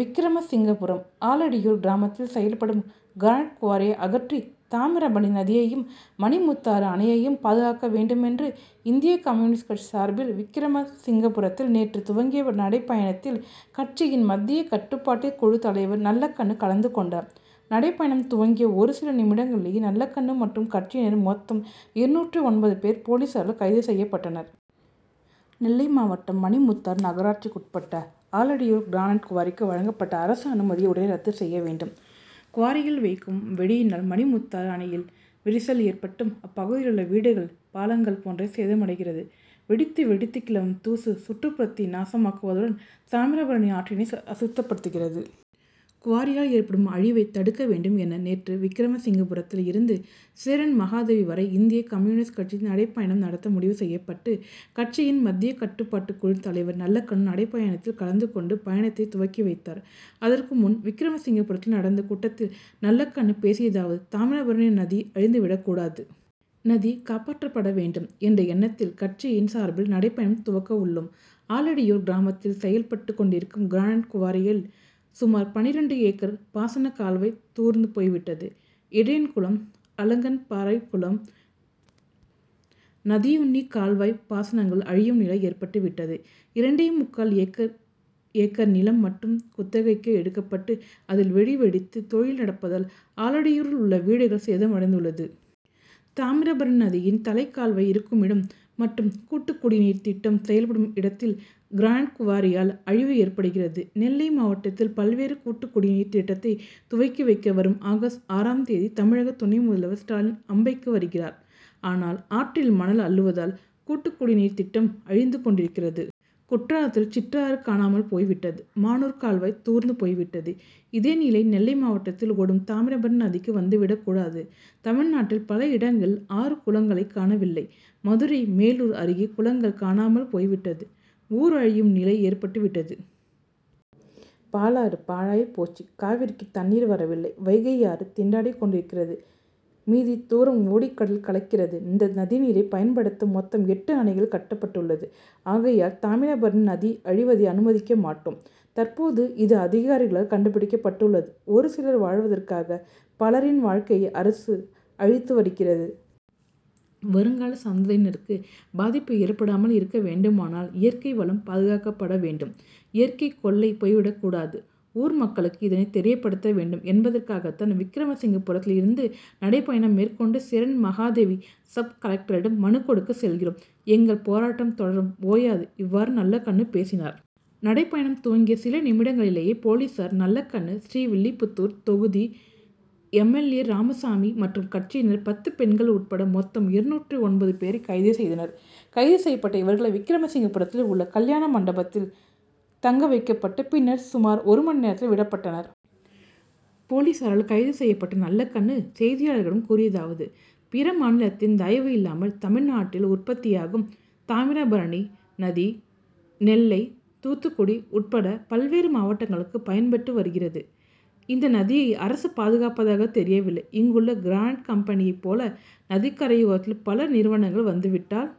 விக்கிரமசிங்கபுரம்:ஆலடியூர் கிராமத்தில் செயல்படும் கிரானைட் குவாரியை அகற்றி தாமிரபணி நதியையும், மணிமுத்தாறு அணையையும் பாதுகாக்க வேண்டுமென்று இந்திய கம்யூ., கட்சி சார்பில் விக்கிரமசிங்கபுரத்தில் நேற்று துவங்கிய நடைபயணத்தில் கட்சியின் மத்திய கட்டுப்பாட்டு குழு தலைவர் நல்லகண்ணு கலந்து கொண்டார். நடைபயணம் துவங்கிய ஒரு சில நிமிடங்களிலேயே நல்லகண்ணு மற்றும் கட்சியினர் மொத்தம் இருநூற்று ஒன்பது பேர் போலீசாரால் கைது செய்யப்பட்டனர். நெல்லைமாவட்டம் மணிமுத்தாறு நகராட்சிக்குட்பட்ட ஆலடியூர் கிரானைட் குவாரிக்கு வழங்கப்பட்ட அரசு அனுமதியை உடனே ரத்து செய்ய வேண்டும். குவாரியில் வைக்கும் வெடியினால் மணிமுத்தாறு அணையில் விரிசல் ஏற்பட்டும், அப்பகுதியிலுள்ள வீடுகள், பாலங்கள் போன்றவை சேதமடைகிறது. வெடி வெடித்து கிளம்பும் தூசு சுற்றுப்புறத்தை நாசமாக்குவதுடன் தாமிரபரணி ஆற்றினை அசுத்தப்படுத்துகிறது. குவாரியால் ஏற்படும் அழிவை தடுக்க வேண்டும் என நேற்று விக்கிரமசிங்கபுரத்தில் இருந்து சேரன்மகாதேவி வரை இந்திய கம்யூ., கட்சி நடைபயணம் நடத்த முடிவு செய்யப்பட்டு கட்சியின் மத்திய கட்டுப்பாட்டுக்குழு தலைவர் நல்லகண்ணு நடைபயணத்தில் கலந்து கொண்டு பயணத்தை துவக்கி வைத்தார். அதற்கு முன் விக்கிரமசிங்கபுரத்தில் நடந்த கூட்டத்தில் நல்லகண்ணு பேசியதாவது:-தாமிரபரணி நதி அழிந்து விடக்கூடாது. நதி காப்பாற்றப்பட வேண்டும் என்ற எண்ணத்தில் கட்சியின் சார்பில் நடைபயணம் துவக்க உள்ளோம். ஆலடியூர் கிராமத்தில் செயல்பட்டு கொண்டிருக்கும் கிரானைட் குவாரியால் சுமார் பன்னிரண்டு ஏக்கர் பாசன கால்வாய் தூர்ந்து போய்விட்டது. இடையன்குளம், அலங்கன்பாறைகுளம், நதியுன்னிகால்வாய் பாசனங்கள் அழியும் நிலை ஏற்பட்டு விட்டது. இரண்டே முக்கால் ஏக்கர் ஏக்கர் நிலம் மட்டும் குத்தகைக்கு எடுக்கப்பட்டு அதில் வெடி வெடித்து தொழில் நடப்பதால் ஆலடியூரில் உள்ள வீடுகள் சேதமடைந்துள்ளது. தாமிரபரபணி நதியின் தலைக்கால்வாய் இருக்குமிடம் மற்றும் கூட்டுக்குடிநீர் திட்டம் செயல்படும் இடத்தில் கிரானைட் குவாரியால் அழிவு ஏற்படுகிறது. நெல்லை மாவட்டத்தில் பல்வேறு கூட்டுக்குடிநீர் திட்டத்தை துவக்கி வைக்க வரும் ஆகஸ்ட் ஆறாம் தேதி தமிழக துணை முதல்வர் ஸ்டாலின் அம்பைக்கு வருகிறார். ஆனால் ஆற்றில் மணல் அள்ளுவதால் கூட்டுக்குடிநீர் திட்டம் அழிந்து கொண்டிருக்கிறது. குற்றாலத்தில் சிற்றாறு காணாமல் போய்விட்டது. மானூர் கால்வாய் தூர்ந்து போய்விட்டது. இதே நிலை நெல்லை மாவட்டத்தில் ஓடும் தாமிரபரணி நதிக்கு வந்துவிடக்கூடாது. தமிழ்நாட்டில் பல இடங்களில் ஆறு, குளங்களை காணவில்லை. மதுரை மேலூர் அருகே குளங்கள் காணாமல் போய்விட்டது. ஊர் அழியும் நிலை ஏற்பட்டு விட்டது. பாலாறு பாழாய் போச்சு, காவிரிக்கு தண்ணீர் வரவில்லை. வைகையாறு திண்டாடி கொண்டிருக்கிறது. மீ. தூரம் ஓடி கடலில் கலக்கிறது. இந்த நதிநீரை பயன்படுத்த மொத்தம் எட்டு அணைகள் கட்டப்பட்டுள்ளது. ஆகையால் தாமிரபரணி நதி அழிவதை அனுமதிக்க மாட்டோம். தற்போது இது அதிகாரிகளால் கண்டுபிடிக்கப்பட்டுள்ளது. ஒரு சிலர் வாழ்வதற்காக பலரின் வாழ்க்கையை அரசு அழித்து வருகிறது. வருங்கால சந்ததியினருக்கு பாதிப்பு ஏற்படாமல் இருக்க வேண்டுமானால் இயற்கை வளம் பாதுகாக்கப்பட வேண்டும். இயற்கை கொள்ளை போய்விடக்கூடாது. ஊர் மக்களுக்கு இதனை தெரியப்படுத்த வேண்டும் என்பதற்காகத்தான் விக்கிரமசிங்கபுரத்திலிருந்து நடைபயணம் மேற்கொண்டு சேரன்மகாதேவி சப்-கலெக்டரிடம் மனு கொடுக்க செல்கிறோம். எங்கள் போராட்டம் தொடரும் ஓயாது. இவ்வாறு நல்லகண்ணு பேசினார். நடைபயணம் துவங்கிய சில நிமிடங்களிலேயே போலீசார் நல்லகண்ணு, ஸ்ரீவில்லிபுத்தூர் தொகுதி எம். எல். ஏ., ராமசாமி மற்றும் கட்சியினர் பத்து பெண்கள் உட்பட மொத்தம் இருநூற்று ஒன்பது பேரை கைது செய்தனர். கைது செய்யப்பட்ட இவர்கள் விக்கிரமசிங்கபுரத்தில் உள்ள கல்யாண மண்டபத்தில் தங்க வைக்கப்பட்டு பின்னர் சுமார் ஒரு மணி நேரத்தில் விடப்பட்டனர். போலீசாரால் கைது செய்யப்பட்ட நல்லகண்ணு செய்தியாளர்களிடம் கூறியதாவது:-பிற மாநிலத்தின் தயவு இல்லாமல் தமிழ்நாட்டில் உற்பத்தியாகும் தாமிரபரணி நதி நெல்லை, தூத்துக்குடி உட்பட பல்வேறு மாவட்டங்களுக்கு பயன்பட்டு வருகிறது. இந்த நதியை அரசு பாதுகாப்பதாக தெரியவில்லை. இங்குள்ள கிரானைட் கம்பெனியை போல நதிக்கரையோரத்தில் பல நிறுவனங்கள் வந்துவிட்டால்